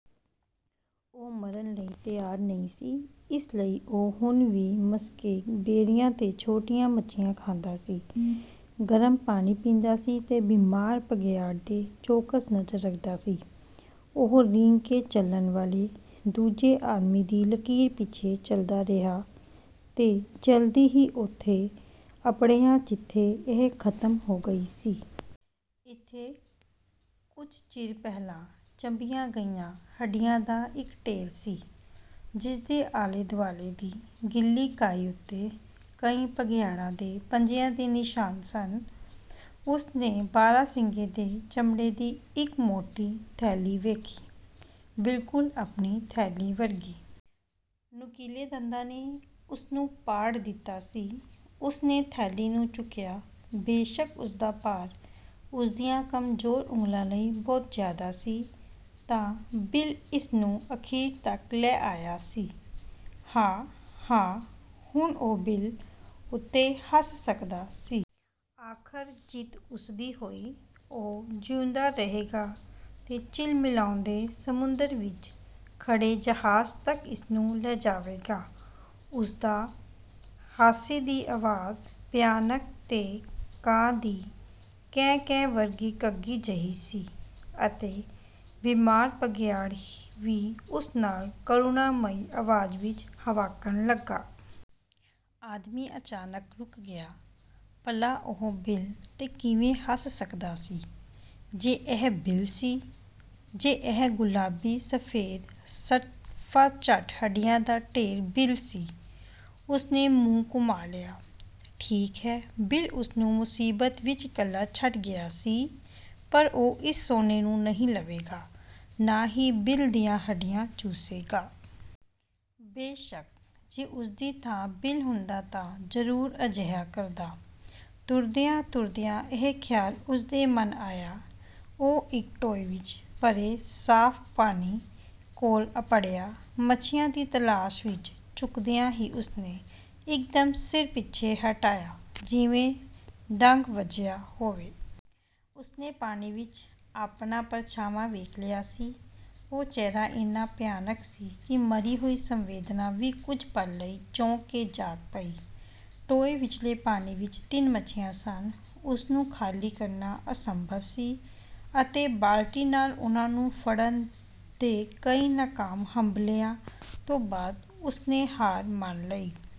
ਉਹ ਮਰਨ ਲਈ ਤਿਆਰ ਨਹੀਂ ਸੀ, ਇਸ ਲਈ ਉਹ ਹੁਣ ਵੀ ਮਸਕੇਗ ਬੇਰੀਆਂ ਤੇ ਛੋਟੀਆਂ ਮੱਛੀਆਂ ਖਾਂਦਾ ਸੀ, ਗਰਮ ਪਾਣੀ ਪੀਂਦਾ ਸੀ ਤੇ ਬਿਮਾਰ ਬਘਿਆੜ 'ਤੇ ਚੌਕਸ ਨਜ਼ਰ ਰੱਖਦਾ ਸੀ। ਉਹ ਰੀਂਗ ਕੇ ਚੱਲਣ ਵਾਲ਼ੇ ਦੂਜੇ ਆਦਮੀ ਦੀ ਲਕੀਰ ਪਿੱਛੇ ਚੱਲਦਾ ਰਿਹਾ ਤੇ ਜਲਦੀ ਹੀ ਉੱਥੇ ਅੱਪੜਿਆ ਜਿੱਥੇ ਇਹ ਖਤਮ ਹੋ ਗਈ ਸੀ। ਇੱਥੇ ਕੁੱਝ ਚਿਰ ਪਹਿਲਾਂ ਚੱਬੀਆਂ ਗਈਆਂ ਹੱਡੀਆਂ ਦਾ ਇੱਕ ਢੇਰ ਸੀ, ਜਿਸਦੇ ਆਲ਼ੇ-ਦੁਆਲ਼ੇ ਦੀ ਗਿੱਲੀ ਕਾਈ ਉੱਤੇ ਕਈ ਬਘਿਆੜਾਂ ਦੇ ਪੰਜਿਆਂ ਦੇ ਨਿਸ਼ਾਨ ਸਨ। ਉਸਨੇ ਬਾਰਾਂਸਿੰਗੇ ਦੇ ਚਮੜੇ ਦੀ ਇੱਕ ਮੋਟੀ ਥੈਲੀ ਵੇਖੀ, ਬਿਲਕੁਲ ਆਪਣੀ ਥੈਲੀ ਵਰਗੀ। ਨੁਕੀਲੇ ਦੰਦਾਂ ਨੇ ਉਸਨੂੰ ਪਾੜ ਦਿੱਤਾ ਸੀ। ਉਸਨੇ ਥੈਲੀ ਨੂੰ ਚੁੱਕਿਆ, ਬੇਸ਼ੱਕ ਉਸਦਾ ਭਾਰ ਉਸਦੀਆਂ ਕਮਜ਼ੋਰ ਉਂਗਲ਼ਾਂ ਲਈ ਬਹੁਤ ਜ਼ਿਆਦਾ ਸੀ। ਤਾਂ ਬਿਲ ਇਸਨੂੰ ਅਖੀਰ ਤੱਕ ਲੈ ਆਇਆ ਸੀ। ਹਾ! ਹਾ! ਹੁਣ ਉਹ ਬਿਲ ਉੱਤੇ ਹੱਸ ਸਕਦਾ ਸੀ। ਆਖ਼ਰ ਜਿੱਤ ਉਸਦੀ ਹੋਈ। ਉਹ ਜਿਉਂਦਾ ਰਹੇਗਾ ਤੇ ਝਿਲਮਿਲਾਉਂਦੇ ਸਮੁੰਦਰ ਵਿੱਚ ਖੜੇ ਜਹਾਜ਼ ਤੱਕ ਇਸਨੂੰ ਲੈ ਜਾਵੇਗਾ। ਉਸਦਾ ਹਾਸੇ ਦੀ ਅਵਾਜ਼ ਭਿਆਨਕ ਤੇ ਕਾਂ ਦੀ ਕੈਂ-ਕੈਂ ਵਰਗੀ ਘੱਗੀ ਜਿਹੀ ਸੀ ਅਤੇ ਬਿਮਾਰ ਬਘਿਆੜ ਵੀ ਉਸ ਨਾਲ਼ ਕਰੁਣਾਮਈ ਅਵਾਜ਼ ਵਿੱਚ ਹਵਾਂਕਣ ਲੱਗਾ। ਆਦਮੀ ਅਚਾਨਕ ਰੁਕ ਗਿਆ। ਭਲਾ ਉਹ ਬਿਲ 'ਤੇ ਕਿਵੇਂ ਹੱਸ ਸਕਦਾ ਸੀ, ਜੇ ਇਹ ਬਿਲ ਸੀ; ਜੇ ਇਹ ਗੁਲਾਬੀ ਸਫੇਦ, ਸਫਾਚੱਟ ਹੱਡੀਆਂ ਦਾ ਢੇਰ ਬਿਲ ਸੀ? ਉਸਨੇ ਮੂੰਹ ਘੁਮਾ ਲਿਆ। ਠੀਕ ਹੈ, ਬਿਲ ਉਸਨੂੰ ਮੁਸੀਬਤ ਵਿੱਚ ਇਕੱਲਾ ਛੱਡ ਗਿਆ ਸੀ ਪਰ ਉਹ ਇਸ ਸੋਨੇ ਨੂੰ ਨਹੀਂ ਲਵੇਗਾ, ਨਾ ਹੀ ਬਿਲ ਦੀਆਂ ਹੱਡੀਆਂ ਚੂਸੇਗਾ। ਬੇਸ਼ੱਕ, ਜੇ ਉਸਦੀ ਥਾਂ ਬਿਲ ਹੁੰਦਾ ਤਾਂ ਜਰੂਰ ਅਜਿਹਾ ਕਰਦਾ, ਤੁਰਦਿਆਂ-ਤੁਰਦਿਆਂ ਇਹ ਖਿਆਲ ਉਸਦੇ ਮਨ ਆਇਆ। ਉਹ ਇੱਕ ਟੋਏ ਵਿੱਚ ਭਰੇ ਸਾਫ਼ ਪਾਣੀ ਕੋਲ਼ ਅੱਪੜਿਆ। ਮੱਛੀਆਂ ਦੀ ਤਲਾਸ਼ ਵਿੱਚ ਝੁਕਦਿਆਂ ਹੀ ਉਸਨੇ ਇੱਕਦਮ ਸਿਰ ਪਿੱਛੇ ਹਟਾਇਆ, ਜਿਵੇਂ ਡੰਗ ਵੱਜਿਆ ਹੋਵੇ। ਉਸਨੇ ਪਾਣੀ ਵਿੱਚ ਆਪਣਾ ਪਰਛਾਵਾਂ ਵੇਖ ਲਿਆ ਸੀ। ਉਹ ਚਿਹਰਾ ਇੰਨਾ ਭਿਆਨਕ ਸੀ ਕਿ ਮਰੀ ਹੋਈ ਸੰਵੇਦਨਾ ਵੀ ਕੁੱਝ ਪਲ ਲਈ ਚੌਂਕ ਕੇ ਜਾਗ ਪਈ। ਟੋਏ ਵਿਚਲੇ ਪਾਣੀ ਵਿੱਚ ਤਿੰਨ ਮੱਛੀਆਂ ਸਨ। ਉਸਨੂੰ ਖਾਲੀ ਕਰਨਾ ਅਸੰਭਵ ਸੀ ਅਤੇ ਬਾਲਟੀ ਨਾਲ਼ ਉਨ੍ਹਾਂ ਨੂੰ ਫੜਨ ਦੇ ਕਈ ਨਕਾਮ ਹੰਭਲ਼ਿਆਂ ਤੋਂ ਬਾਅਦ ਉਸਨੇ ਹਾਰ ਮੰਨ ਲਈ।